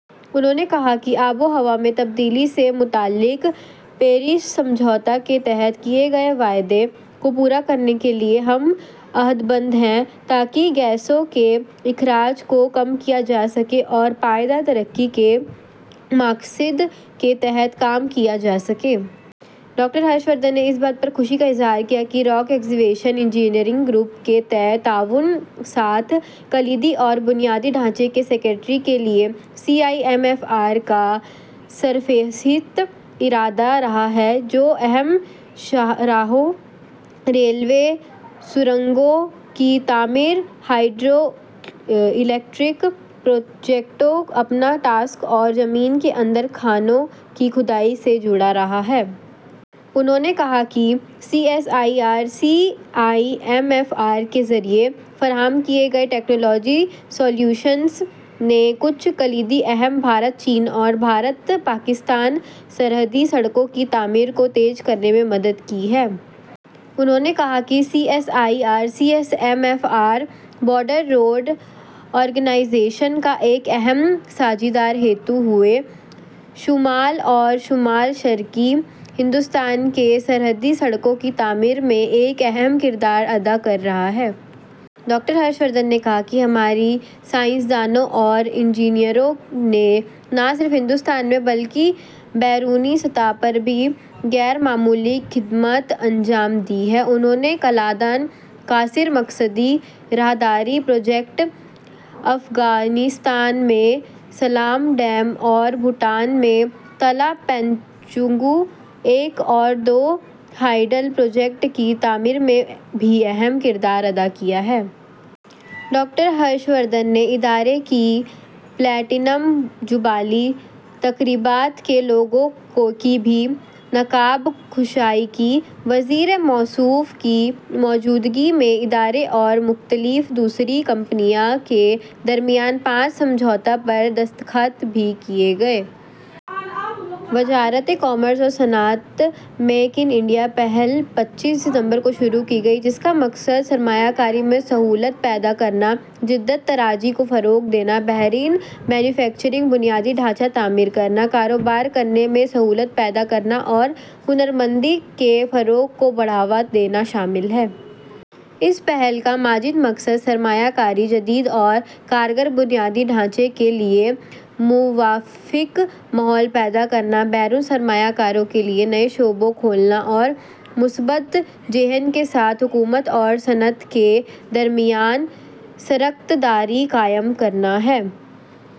نہوں نے کہا کہ آب و ہوا میں تبدیلی سے متعلق پیرس سمجھوتے کے تحت کیے گئے وعدے کو ہم پورا کرنے کے تئیں عہد بند ہیں، تاکہ گیسوں کے اخراج کو کم کیا جا سکے اور پائیدار ترقی کے مقاصد کے تئیں کام کیا جا سکے۔ ڈاکٹر ہرش وردھن نے اس بات پر خوشی کا اظہار کیا کہ راک ایکسکیویشن انجینئرنگ گروپ کے تئیں تعاون کے ساتھ کلیدی اور بنیادی ڈھانچے کے سیکٹروں کے لیے C I M F R ایک سرکردہ ادارہ رہا ہے، جو اہم شاہراہوں، ریلوے، سرنگوں کی تعمیر، ہائیڈرو الیکٹرک پروجیکٹوں، اوپن کاسٹ اور زمین کے اندر کانوں کی کھدائی سے جڑا رہا ہے۔ انہوں نے کہا کہ C S I R C I M F R کے ذریعے فراہم کردہ ٹیکنالوجی سلوشنز نے کچھ کلیدی اور اہم بھارت-چین اور بھارت-پاکستان سرحدی سڑکوں کی تعمیر کو تیز کرنے میں مدد کی ہے۔ انہوں نے کہا کہ C S I R C I M F R, border road organisation کا ایک اہم ساجھیدار ہوتے ہوئے، شمال اور شمال مشرقی ہندوستان میں سرحدی سڑکوں کی تعمیر میں ایک اہم رول ادا کر رہا ہے۔ ڈاکٹر ہرش وردھن نے کہا کہ ہمارے سائنس دانوں اور انجینئروں نے نہ صرف ہندوستان میں بلکہ بین الاقوامی سطح پر بھی غیر معمولی خدمات انجام دی ہیں۔ انہوں نے کالا دان کثیر مقصدی راہداری پروجیکٹ، افغانستان میں سلما ڈیم اور بھوٹان میں تلا پونت سنگ چو ایک اور دو ہائیڈل پروجیکٹ کی تعمیر میں بھی اہم کردار ادا کیا ہے۔ ڈاکٹر ہرش وردھن نے انسٹی ٹیوٹ کی پلاٹینم جوبلی تقریبات کے لوگو کی بھی نقاب کشائی کی۔ وزیر موصوف کی موجودگی میں انسٹی ٹیوٹ اور دیگر مختلف کمپنیوں کے درمیان پانچ سمجھوتوں پر دستخط بھی کیے گئے۔ کامرس اور صنعت کی وزارت: میک اِن انڈیا پہل پچیس ستمبر کو شروع کی گئی، جس کا مقصد سرمایہ کاری میں سہولت پیدا کرنا، جدت طرازی کو فروغ دینا، بہترین مینوفیکچرنگ بنیادی ڈھانچہ تعمیر کرنا، کاروبار کرنے میں سہولت پیدا کرنا اور ہنرمندی کے فروغ کو بڑھاوا دینا شامل ہے۔ اس پہل کا مزید مقصد سرمایہ کاری، جدید اور کارگر بنیادی ڈھانچے کے لیے موافق ماحول پیدا کرنا، غیر ملکی سرمایہ کاروں کے لیے نئے شعبے کھولنا اور مثبت ذہن کے ساتھ حکومت اور صنعت کے درمیان شراکت داری قائم کرنا ہے۔